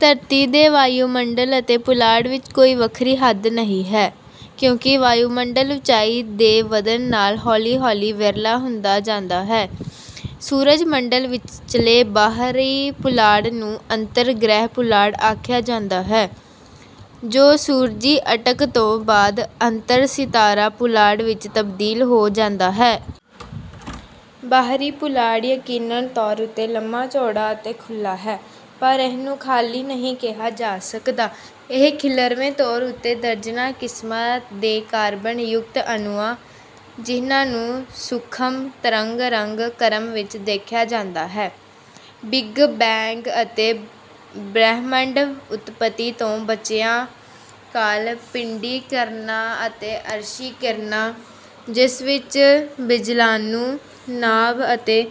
ਧਰਤੀ ਦੇ ਵਾਯੂਮੰਡਲ ਅਤੇ ਪੁਲਾੜ ਵਿੱਚ ਕੋਈ ਵੱਖਰੀ ਹੱਦ ਨਹੀਂ ਹੈ, ਕਿਉਂਕਿ ਵਾਯੂਮੰਡਲ ਉੱਚਾਈ ਦੇ ਵਧਣ ਨਾਲ ਹੌਲੀ ਹੌਲੀ ਵਿਰਲਾ ਹੁੰਦਾ ਜਾਂਦਾ ਹੈ। ਸੂਰਜ ਮੰਡਲ ਵਿਚਲੇ ਬਾਹਰੀ ਪੁਲਾੜ ਨੂੰ ਅੰਤਰ ਗ੍ਰਹਿ ਪੁਲਾੜ ਆਖਿਆ ਜਾਂਦਾ ਹੈ, ਜੋ ਸੂਰਜੀ ਅਟਕ ਤੋਂ ਬਾਅਦ ਅੰਤਰ ਸਿਤਾਰਾ ਪੁਲਾੜ ਵਿੱਚ ਤਬਦੀਲ ਹੋ ਜਾਂਦਾ ਹੈ। ਬਾਹਰੀ ਪੁਲਾੜ ਯਕੀਨਨ ਤੌਰ ਉੱਤੇ ਲੰਮਾ ਚੌੜਾ ਅਤੇ ਖੁੱਲ੍ਹਾ ਹੈ, ਪਰ ਇਹਨੂੰ ਖਾਲੀ ਨਹੀਂ ਕਿਹਾ ਜਾ ਸਕਦਾ। ਇਹ ਖਿੱਲਰਵੇਂ ਤੌਰ ਉੱਤੇ ਦਰਜਨਾਂ ਕਿਸਮਾਂ ਦੇ ਕਾਰਬਨ ਯੁਕਤ ਅਣੂਆਂ, ਜਿਹਨਾਂ ਨੂੰ ਸੂਖਮ ਤਰੰਗ ਰੰਗ ਕ੍ਰਮ ਵਿੱਚ ਦੇਖਿਆ ਜਾਂਦਾ ਹੈ, ਬਿਗ ਬੈਂਗ ਅਤੇ ਬ੍ਰਹਿਮੰਡ ਉਤਪਤੀ ਤੋਂ ਬਚੀਆਂ ਕਾਲ ਪਿੰਡੀ ਕਿਰਨਾਂ ਅਤੇ ਅਰਸ਼ੀ ਕਿਰਨਾਂ, ਜਿਸ ਵਿੱਚ ਬਿਜਲਾਣੂ, ਨਾਭ ਅਤੇ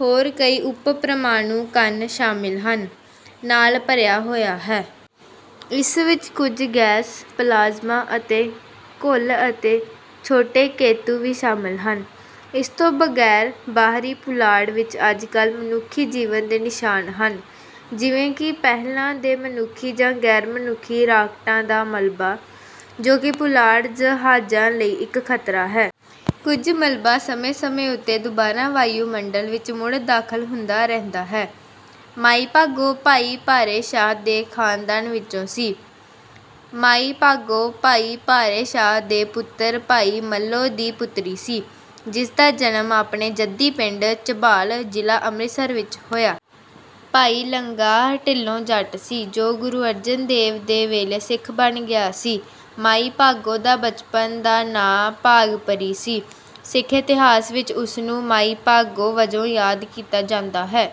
ਹੋਰ ਕਈ ਉਪ ਪ੍ਰਮਾਣੂ ਕਣ ਸ਼ਾਮਲ ਹਨ, ਨਾਲ ਭਰਿਆ ਹੋਇਆ ਹੈ। ਇਸ ਵਿੱਚ ਕੁਝ ਗੈਸ, ਪਲਾਜ਼ਮਾ ਅਤੇ ਘੁੱਲ ਅਤੇ ਛੋਟੇ ਕੇਤੂ ਵੀ ਸ਼ਾਮਲ ਹਨ। ਇਸ ਤੋਂ ਬਗੈਰ ਬਾਹਰੀ ਪੁਲਾੜ ਵਿੱਚ ਅੱਜਕੱਲ੍ਹ ਮਨੁੱਖੀ ਜੀਵਨ ਦੇ ਨਿਸ਼ਾਨ ਹਨ, ਜਿਵੇਂ ਕਿ ਪਹਿਲਾਂ ਦੇ ਮਨੁੱਖੀ ਜਾਂ ਗੈਰ ਮਨੁੱਖੀ ਰਾਕਟਾਂ ਦਾ ਮਲਬਾ, ਜੋ ਕਿ ਪੁਲਾੜ ਜਹਾਜ਼ਾਂ ਲਈ ਇੱਕ ਖਤਰਾ ਹੈ। ਕੁਝ ਮਲਬਾ ਸਮੇਂ ਸਮੇਂ ਉੱਤੇ ਦੁਬਾਰਾ ਵਾਯੂਮੰਡਲ ਵਿੱਚ ਮੁੜ ਦਾਖਲ ਹੁੰਦਾ ਰਹਿੰਦਾ ਹੈ। ਮਾਈ ਭਾਗੋ ਭਾਈ ਪਾਰੇ ਸ਼ਾਹ ਦੇ ਖਾਨਦਾਨ ਵਿਚੋਂ ਸੀ। ਮਾਈ ਭਾਗੋ ਭਾਈ ਪਾਰੇ ਸ਼ਾਹ ਦੇ ਪੁੱਤਰ ਭਾਈ ਮੱਲੋ ਦੀ ਪੁੱਤਰੀ ਸੀ, ਜਿਸ ਦਾ ਜਨਮ ਆਪਣੇ ਜੱਦੀ ਪਿੰਡ ਝਬਾਲ, ਜ਼ਿਲ੍ਹਾ ਅੰਮ੍ਰਿਤਸਰ ਵਿੱਚ ਹੋਇਆ। ਭਾਈ ਲੰਗਾਹ ਢਿੱਲੋਂ ਜੱਟ ਸੀ, ਜੋ ਗੁਰੂ ਅਰਜਨ ਦੇਵ ਦੇ ਵੇਲੇ ਸਿੱਖ ਬਣ ਗਿਆ ਸੀ। ਮਾਈ ਭਾਗੋ ਦਾ ਬਚਪਨ ਦਾ ਨਾਮ ਭਾਗਭਰੀ ਸੀ। ਸਿੱਖ ਇਤਿਹਾਸ ਵਿੱਚ ਉਸ ਨੂੰ ਮਾਈ ਭਾਗੋ ਵਜੋਂ ਯਾਦ ਕੀਤਾ ਜਾਂਦਾ ਹੈ।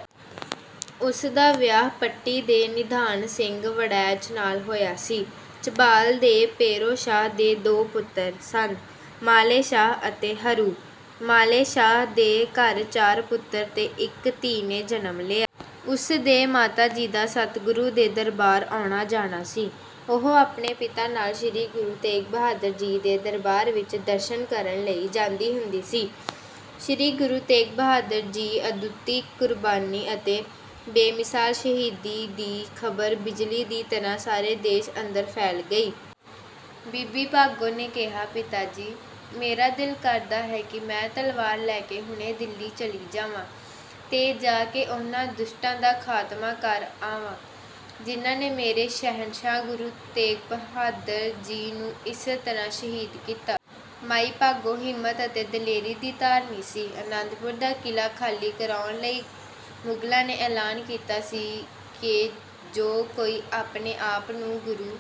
ਉਸ ਦਾ ਵਿਆਹ ਪੱਟੀ ਦੇ ਨਿਧਾਨ ਸਿੰਘ ਵੜੈਚ ਨਾਲ ਹੋਇਆ ਸੀ। ਝਬਾਲ ਦੇ ਪੇਰੋ ਸ਼ਾਹ ਦੇ ਦੋ ਪੁੱਤਰ ਸਨ, ਮਾਲੇ ਸ਼ਾਹ ਅਤੇ ਹਰੂ। ਮਾਲੇ ਸ਼ਾਹ ਦੇ ਘਰ ਚਾਰ ਪੁੱਤਰ ਤੇ ਇੱਕ ਧੀ ਨੇ ਜਨਮ ਲਿਆ। ਉਸ ਦੇ ਮਾਤਾ ਜੀ ਦਾ ਸਤਿਗੁਰੂ ਦੇ ਦਰਬਾਰ ਆਉਣਾ ਜਾਣਾ ਸੀ। ਉਹ ਆਪਣੇ ਪਿਤਾ ਨਾਲ ਸ੍ਰੀ ਗੁਰੂ ਤੇਗ ਬਹਾਦਰ ਜੀ ਦੇ ਦਰਬਾਰ ਵਿਚ ਦਰਸ਼ਨ ਕਰਨ ਲਈ ਜਾਂਦੀ ਹੁੰਦੀ ਸੀ। ਸ੍ਰੀ ਗੁਰੂ ਤੇਗ ਬਹਾਦਰ ਜੀ ਦੀ ਅਦੁੱਤੀ ਕੁਰਬਾਨੀ ਅਤੇ ਬੇਮਿਸਾਲ ਸ਼ਹੀਦੀ ਦੀ ਖਬਰ ਬਿਜਲੀ ਦੀ ਤਰ੍ਹਾਂ ਸਾਰੇ ਦੇਸ਼ ਅੰਦਰ ਫੈਲ ਗਈ। ਬੀਬੀ ਭਾਗੋ ਨੇ ਕਿਹਾ, ਪਿਤਾ ਜੀ, ਮੇਰਾ ਦਿਲ ਕਰਦਾ ਹੈ ਕਿ ਮੈਂ ਤਲਵਾਰ ਲੈ ਕੇ ਹੁਣੇ ਦਿੱਲੀ ਚਲੀ ਜਾਵਾਂ, ਤੇ ਜਾ ਕੇ ਉਨ੍ਹਾਂ ਦੁਸ਼ਟਾਂ ਦਾ ਖਾਤਮਾ ਕਰ ਆਵਾਂ, ਜਿਨ੍ਹਾਂ ਨੇ ਮੇਰੇ ਸ਼ਹਿਨਸ਼ਾਹ ਗੁਰੂ ਤੇਗ ਬਹਾਦਰ ਜੀ ਨੂੰ ਇਸ ਤਰ੍ਹਾਂ ਸ਼ਹੀਦ ਕੀਤਾ। ਮਾਈ ਭਾਗੋ ਹਿੰਮਤ ਅਤੇ ਦਲੇਰੀ ਦੀ ਧਾਰਨੀ ਸੀ। ਅਨੰਦਪੁਰ ਦਾ ਕਿਲਾ ਖਾਲੀ ਕਰਾਉਣ ਲਈ ਮੁਗਲਾਂ ਨੇ ਐਲਾਨ ਕੀਤਾ ਸੀ ਕਿ ਜੋ ਕੋਈ ਆਪਣੇ ਆਪ ਨੂੰ ਗੁਰੂ